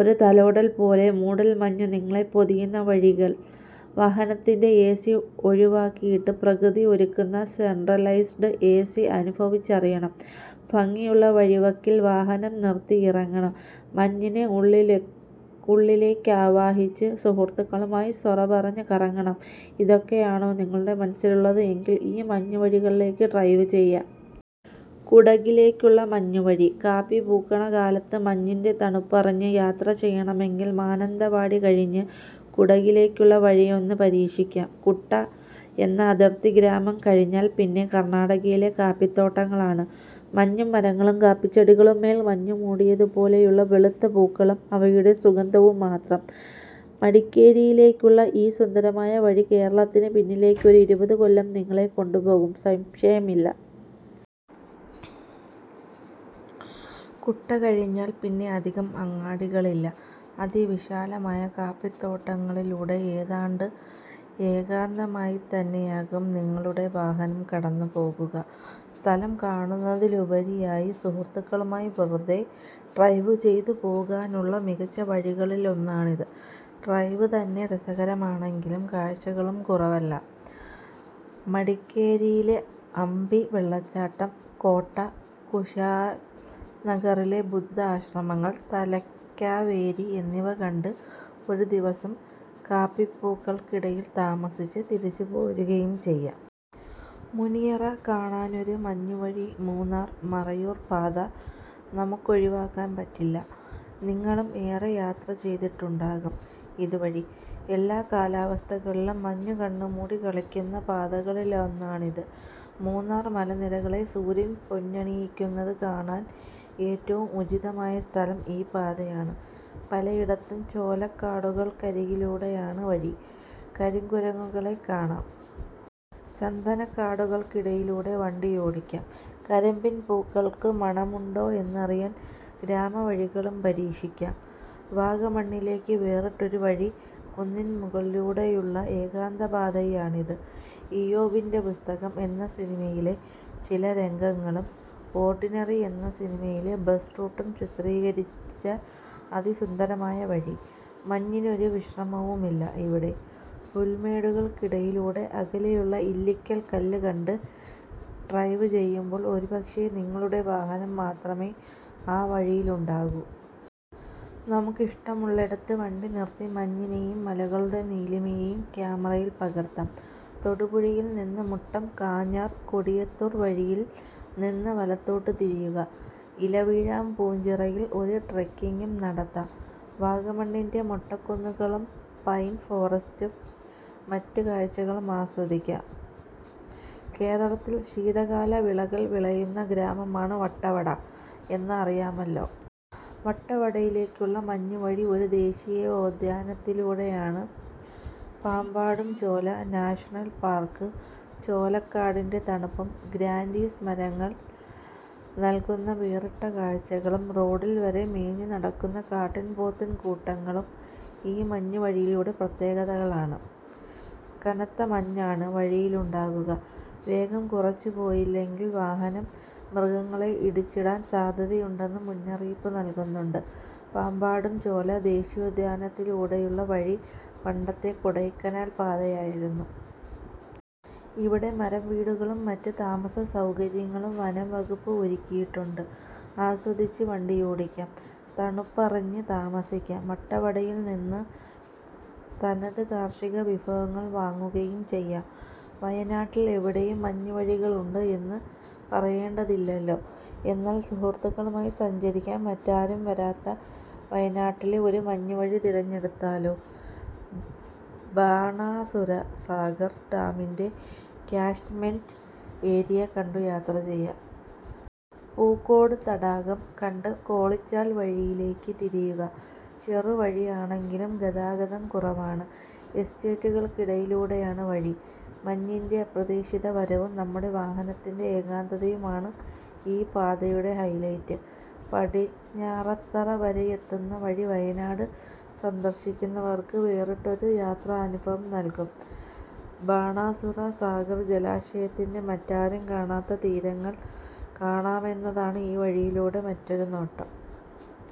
ഒരു തലോടൽ പോലെ മൂടൽമഞ്ഞ് നിങ്ങളെ പൊതിയുന്ന വഴികൾ. വാഹനത്തിൻ്റെ എ.സി. ഒഴിവാക്കിയിട്ട് പ്രകൃതി ഒരുക്കുന്ന സെൻട്രലൈസ്ഡ് എ.സി. അനുഭവിച്ചറിയണം. ഭംഗിയുള്ള വഴിവക്കിൽ വാഹനം നിർത്തി ഇറങ്ങണം, മഞ്ഞിനെ ഉള്ളിലേക്കാവാഹിച്ച് സുഹൃത്തുക്കളുമായി സൊറ പറഞ്ഞ് കറങ്ങണം. ഇതൊക്കെയാണോ നിങ്ങളുടെ മനസ്സിലുള്ളത്? എങ്കിൽ ഈ മഞ്ഞുവഴികളിലേക്ക് ഡ്രൈവ് ചെയ്യാം. കുടകിലേക്കുള്ള മഞ്ഞുവഴി. കാപ്പി പൂക്കുന്ന കാലത്ത് മഞ്ഞിൻ്റെ തണുപ്പറിഞ്ഞ് യാത്ര ചെയ്യണമെങ്കിൽ മാനന്തവാടി കഴിഞ്ഞ് കുടകിലേക്കുള്ള വഴിയൊന്ന് പരീക്ഷിക്കാം. കുട്ട എന്ന അതിർത്തി ഗ്രാമം കഴിഞ്ഞാൽ പിന്നെ കർണാടകയിലെ കാപ്പിത്തോട്ടങ്ങളാണ്. മഞ്ഞും മരങ്ങളും കാപ്പിച്ചെടികൾക്കുമേൽ മഞ്ഞുമൂടിയതുപോലെയുള്ള വെളുത്ത പൂക്കളും അവയുടെ സുഗന്ധവും മാത്രം! മടിക്കേരിയിലേക്കുള്ള ഈ സുന്ദരമായ വഴി കേരളത്തിന് പിന്നിലേക്ക് ഒരു ഇരുപത് കൊല്ലം നിങ്ങളെ കൊണ്ടുപോകും; സംശയമില്ല. കുട്ട കഴിഞ്ഞാൽ പിന്നെ അധികം അങ്ങാടികളില്ല. അതിവിശാലമായ കാപ്പിത്തോട്ടങ്ങളിലൂടെ ഏതാണ്ട് ഏകാന്തമായിത്തന്നെയാകും നിങ്ങളുടെ വാഹനം കടന്നുപോകുക. സ്ഥലം കാണുന്നതിലുപരിയായി സുഹൃത്തുക്കളുമായി വെറുതെ ഡ്രൈവ് ചെയ്തുപോകാനുള്ള മികച്ച വഴികളിലൊന്നാണിത്. ഡ്രൈവ് തന്നെ രസകരമാണെങ്കിലും കാഴ്ചകളും കുറവല്ല. മടിക്കേരിയിലെ അബ്ബി വെള്ളച്ചാട്ടം, കോട്ട, കുശാൽനഗറിലെ ബുദ്ധ ആശ്രമങ്ങൾ, തലക്കാവേരി എന്നിവ കണ്ട്, ഒരു ദിവസം കാപ്പിപ്പൂക്കൾക്കിടയിൽ താമസിച്ച് തിരിച്ചുപോരുകയും ചെയ്യാം. മുനിയറ കാണാനൊരു മഞ്ഞുവഴി മൂന്നാർ - മറയൂർ പാത നമുക്കൊഴിവാക്കാൻ പറ്റില്ല. നിങ്ങളും ഏറെ യാത്ര ചെയ്തിട്ടുണ്ടാകും ഇതുവഴി. എല്ലാ കാലാവസ്ഥകളിലും മഞ്ഞു കണ്ണുമൂടിക്കളിക്കുന്ന പാതകളിലൊന്നാണിത്. മൂന്നാർ മലനിരകളെ സൂര്യൻ പൊന്നണിയിക്കുന്നത് കാണാൻ ഏറ്റവും ഉചിതമായ സ്ഥലം ഈ പാതയാണ്. പലയിടത്തും ചോലക്കാടുകൾക്കരികിലൂടെയാണ് വഴി. കരിങ്കുരങ്ങുകളെ കാണാം. ചന്ദനക്കാടുകൾക്കിടയിലൂടെ വണ്ടിയോടിക്കാം. കരിമ്പിൻപൂക്കൾക്ക് മണമുണ്ടോ എന്നറിയാൻ ഗ്രാമവഴികളും പരീക്ഷിക്കാം. വാഗമണ്ണിലേക്ക് വേറിട്ടൊരു വഴി കുന്നിൻമുകളിലൂടെയുള്ള ഏകാന്തപാതയാണിത്. 'ഇയ്യോബിൻ്റെ പുസ്തകം' എന്ന സിനിമയിലെ ചില രംഗങ്ങളും 'ഓർഡിനറി' എന്ന സിനിമയിലെ ബസ് റൂട്ടും ചിത്രീകരിച്ച അതിസുന്ദരമായ വഴി. മഞ്ഞിന് ഒരു വിശ്രമവുമില്ല ഇവിടെ! പുൽമേടുകൾക്കിടയിലൂടെ അകലെയുള്ള ഇല്ലിക്കൽകല്ല് കണ്ട് ഡ്രൈവ് ചെയ്യുമ്പോൾ, ഒരുപക്ഷേ നിങ്ങളുടെ വാഹനം മാത്രമേ ആ വഴിയിലുണ്ടാകൂ. നമുക്കിഷ്ടമുള്ളിടത്ത് വണ്ടി നിർത്തി മഞ്ഞിനെയും മലകളുടെ നീലിമയെയും ക്യാമറയിൽ പകർത്താം. തൊടുപുഴയിൽ നിന്ന് മുട്ടം - കാഞ്ഞാർ - കൊടിയത്തൂർ വഴിയിൽ നിന്ന് വലത്തോട്ട് തിരിയുക. ഇലവീഴാപൂഞ്ചിറയിൽ ഒരു ട്രെക്കിംഗും നടത്താം. വാഗമണ്ണിൻ്റെ മൊട്ടക്കുന്നുകളും പൈൻ ഫോറസ്റ്റും മറ്റ് കാഴ്ചകളും ആസ്വദിക്കാം. കേരളത്തിൽ ശീതകാല വിളകൾ വിളയുന്ന ഗ്രാമമാണ് വട്ടവട എന്ന് അറിയാമല്ലോ. വട്ടവടയിലേക്കുള്ള മഞ്ഞുവഴി ഒരു ദേശീയോദ്യാനത്തിലൂടെയാണ്; പാമ്പാടുംചോല നാഷണൽ പാർക്ക്! ചോലക്കാടിൻ്റെ തണുപ്പും ഗ്രാൻ്റീസ് മരങ്ങൾ നൽകുന്ന വേറിട്ട കാഴ്ചകളും റോഡിൽ വരെ മേഞ്ഞുനടക്കുന്ന കാട്ടുപോത്തിൻകൂട്ടങ്ങളും ഈ മഞ്ഞുവഴിയുടെ പ്രത്യേകതകളാണ്. കനത്ത മഞ്ഞാണ് വഴിയിലുണ്ടാകുക. വേഗം കുറച്ചുപോയില്ലെങ്കിൽ വാഹനം മൃഗങ്ങളെ ഇടിച്ചിടാൻ സാധ്യതയുണ്ടെന്ന് മുന്നറിയിപ്പ് നൽകുന്നുണ്ട്. പാമ്പാടുംചോല ദേശീയോദ്യാനത്തിലൂടെയുള്ള വഴി പണ്ടത്തെ കൊടൈക്കനാൽ പാതയായിരുന്നു. ഇവിടെ മരവീടുകളും മറ്റ് താമസസൗകര്യങ്ങളും വനംവകുപ്പ് ഒരുക്കിയിട്ടുണ്ട്. ആസ്വദിച്ച് വണ്ടിയോടിക്കാം; തണുപ്പറിഞ്ഞ് താമസിക്കാം. വട്ടവടയിൽ നിന്ന് തനത് കാർഷികവിഭവങ്ങൾ വാങ്ങുകയും ചെയ്യാം. വയനാട്ടിൽ എവിടെയും മഞ്ഞുവഴികളുണ്ട് എന്ന് പറയേണ്ടതില്ലല്ലോ. എന്നാൽ സുഹൃത്തുക്കളുമായി സഞ്ചരിക്കാൻ മറ്റാരും വരാത്ത വയനാട്ടിലെ ഒരു മഞ്ഞുവഴി തിരഞ്ഞെടുത്താലോ? ബാണാസുര സാഗർ ഡാമിൻ്റെ ക്യാച്ച്‌മെൻ്റ് ഏരിയ കണ്ടു യാത്ര ചെയ്യാം. പൂക്കോട് തടാകം കണ്ട് കോളിച്ചാൽ വഴിയിലേക്ക് തിരിയുക. ചെറുവഴിയാണെങ്കിലും ഗതാഗതം കുറവാണ്. എസ്റ്റേറ്റുകൾക്കിടയിലൂടെയാണ് വഴി. മഞ്ഞിൻ്റെ അപ്രതീക്ഷിത വരവും നമ്മുടെ വാഹനത്തിൻ്റെ ഏകാന്തതയുമാണ് ഈ പാതയുടെ ഹൈലൈറ്റ്. പടിഞ്ഞാറത്തറ വരെയെത്തുന്ന വഴി വയനാട് സന്ദർശിക്കുന്നവർക്ക് വേറിട്ടൊരു യാത്രാനുഭവം നൽകും. ബാണാസുര സാഗർ ജലാശയത്തിൻ്റെ മറ്റാരും കാണാത്ത തീരങ്ങൾ കാണാമെന്നതാണ് ഈ വഴിയുടെ മറ്റൊരു നേട്ടം.